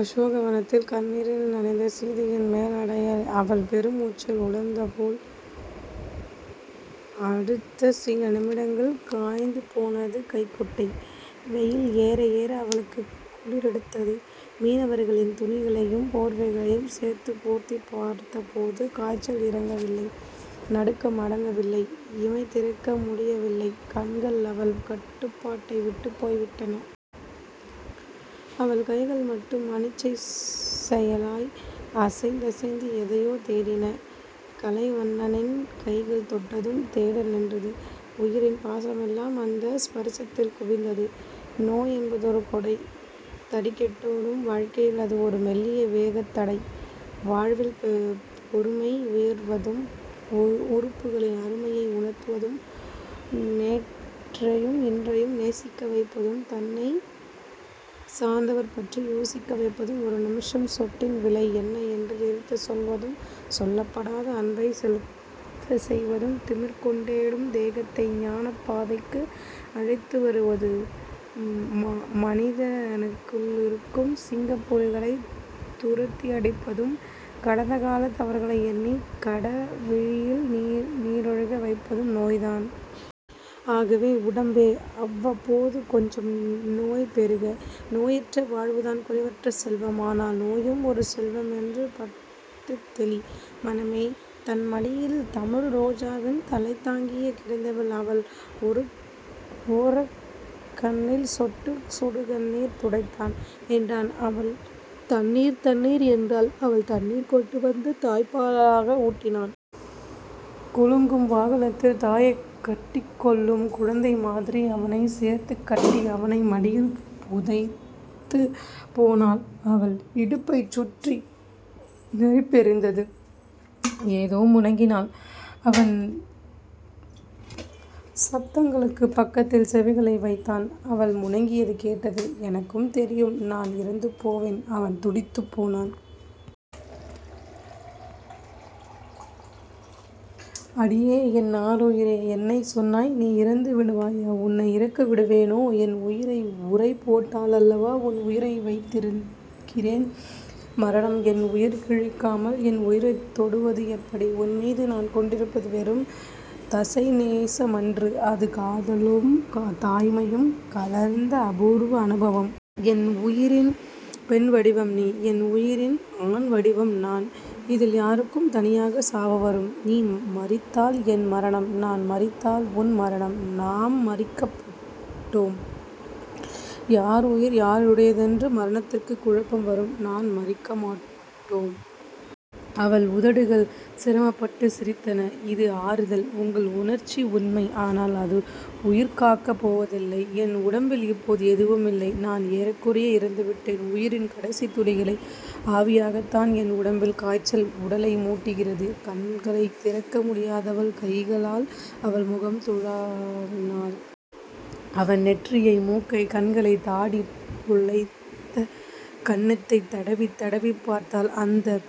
அசோகவனத்தில் கண்ணீரில் நனைந்த சீதையின் மேலாடை அவள் பெருமுச்சில் உலர்ந்தபோல், அடுத்த சில நிமிடங்களில் காய்ந்துபோனது கைக்குட்டை. வெயில் ஏறஏற அவளுக்குக் குளிரெடுத்தது. மீனவர்களின் துணிகளையும் போர்வைகளையும் சேர்த்துப் போர்த்திப் பார்த்தபோதும் காய்ச்சல் இறங்கவில்லை. நடுக்கம் அடங்கவில்லை. இமை திறக்க முடியவில்லை. கண்கள் அவள் கட்டுப்பாட்டைவிட்டுப் போய்விட்டன. அவள் கைகள் மட்டும் அனிச்சைச் செயலாய் அசைந்தசைந்து எதையோ தேடின. கலைவண்ணனின் கைகள் தொட்டதும் தேடல் நின்றது. உயிரின் பாசமெல்லாம் அந்த ஸபரிசத்தில் குவிந்தது. நோய் என்பதொரு கொடை. தறிகெட்டோ டும் வாழ்க்கையில் அது ஒரு மெல்லிய வேகத்தடை. வாழ்வின் பொருமை உயர்வதும் உறுப்புகளின் அருமையை உணர்த்துவதும் நேற்றையும் இன்றையும் நேசிக்க வைப்பதும் தன்னைச் சார்ந்தவர்பற்றி யோசிக்க வைப்பதும் ஒரு நிமிஷச்சொட்டின் விலை என்ன என்று நிறுத்துச் சொல்வதும் சொல்லப்படாத அன்பைச் செலுத்தச் செய்வதும் திமிர் கொண்டோ டும் தேகத்தை ஞானப்பாதைக்கு அழைத்து வருவதும் மனிதனுக்குள்ளிருக்கும் சிங்கம்புலிகளைத் துரத்தியடிப்பதும் கடந்தகாலத் தவறுகளை எண்ணிக் கடைவிழியில் நீரொழுக வைப்பதும் நோய்தான். ஆகவே உடம்பே. அவ்வப்போது கொஞ்சம் நோய் பெறுக. நோயற்ற வாழ்வுதான் குறைவற்ற செல்வம். ஆனால் நோயும் ஒரு செல்வமென்று பட்டுத்தெளி, மனமே. தன்மடியில் தமிழ்ரோஜாவின் தலைதாங்கிக் கிடந்தவன், அவள் ஒரக்கண்ணில் சொட்டும் சுடுகண்ணீர் துடைத்தான். என்றான். அவள், தண்ணீர். தண்ணீர். என்றாள். அவன் தண்ணீர் கொண்டுவந்து தாய்ப்பாலாக ஊட்டினான். குலுங்கும் வாகனத்தில் தாயைக்கட்டிக் கொள்ளும் குழந்தைமாதிரி அவனைச் சேர்த்துக் கட்டி, அவன் மடியில் புதைத்து போனாள். அவள் இடுப்பைச் சுற்றி நெருப்பெரிந்தது. ஏதோ முனகினாள். அவன் சப்தங்களுக்குப் பக்கத்தில் செவிகளை வைத்தான். அவள் முனகியது கேட்டது. எனக்குத் தெரியும், நான் இறந்துபோவேன். அவன் துடித்துப் போனான். அடியே. என் ஆருயிரே. என்ன சொன்னாய்? நீ இறந்து விடுவாயா? உன்னை இறக்கவிடுவேனோ? என் உயிரை உறைபோட்டல்லவா உன் உயிரை வைத்திருக்கிறேன். மரணம் என் உயிர் கிழிக்காமல் என் உயிரை தொடுவது எப்படி? உன்மீது நான் கொண்டிருப்பது வெறும் தசைநேசமன்று. அது காதலும் தாய்மையும் கலந்தஅபூர்வ அனுபவம். என் உயிரின் பெண்வடிவம் நீ. உன் உயிரின் ஆண்வடிவம் நான். இதில் யாருக்குத் தனியாகச் சாவு வரும்? நீ மரித்தால் என் மரணம். நான் மரித்தால் உன் மரணம். நாம் மரிக்கபட்டோம். யார் உயிர் யாருடையதென்று மரணத்துக்குக் குழப்பம் வரும். நாம் மரிக்கமாட்டோ ம். அவள் உதடுகள் சிரமப்பட்டுச் சிரித்தன. இது ஆறுதல். உங்கள் உணர்ச்சி உண்மை. ஆனால், அது உயிர்காக்கப் போவதில்லை. என் உடம்பில் இப்போது எதுவுமில்லை. நான் ஏறக்குறைய இறந்துவிட்டேன். உயிரின் கடைசித் துளிகளை ஆவியாக்கத்தான் என் உடம்பில் காய்ச்சல் உலைமுட்டியிருக்கிறது. கண்களைத் திறக்க முடியாதவள் கைகளால் அவன் முகம் துழாவினாள். அவன் நெற்றியை, மூக்கை, கண்களை, தாடி முளைத்த கன்னத்தைத் தடவித் தடவிப் பார்த்தாள். அந்தக்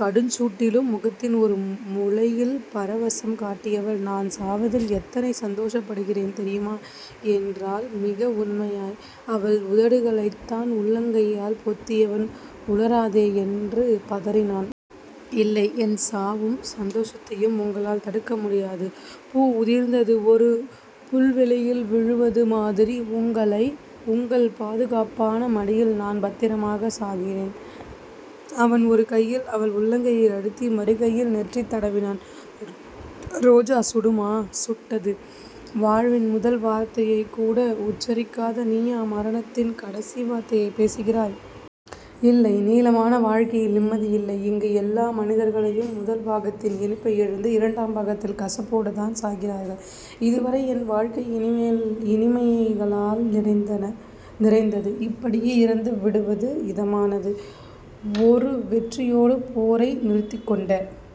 கடுஞ்சூட்டிலும் முகத்தின் ஒரு முலையில் பரவசம் காட்டியவள் நான் சாவதில் எத்தனை சந்தோஷப்படுகிறேன் தெரியுமா? என்றாள் மிக உண்மையாய். அவள் உதடுகளைத் தான் உள்ளங்கையால் பொத்தியவன், உளறாதே. என்று பதறினான். இல்லை. என் சாவும், சந்தோஷத்தையும் உங்களால் தடுக்க முடியாது. பூ உதிர்ந்தது ஒரு புல்வெளியில் விழுவது மாதிரி உங்களை உங்கள் பாதுகாப்பான மடியில் நான் பத்திரமாகச் சாகிறேன். அவன் ஒரு கையில் அவள் உள்ளங்கை அழுத்தி மறுகையால் நெற்றி தடவினான். ரோஜா சுடுமா? சுட்டது. வாழ்வின் முதல் வார்த்தையைக்கூட உச்சரிக்காத நீயா மரணத்தின் கடைசி வார்த்தை பேசுகிறாய்? இல்லை. நீளமான வாழ்க்கையில் நிம்மதி இல்லை. இங்கு எல்லா மனிதர்களையும் முதல் பாகத்தின் இனிப்பை இழந்து, இரண்டாம் பாகத்தின் கசப்போடுதான் சாகிறார்கள். இதுவரைக்கும் என் வாழ்க்கை இனிமைகளால் நிறைந்தது. இப்படியே இறந்துவிடுவது இதமானது. ஒரு வெற்றியோடு போரை நிறுத்திக்கொண்ட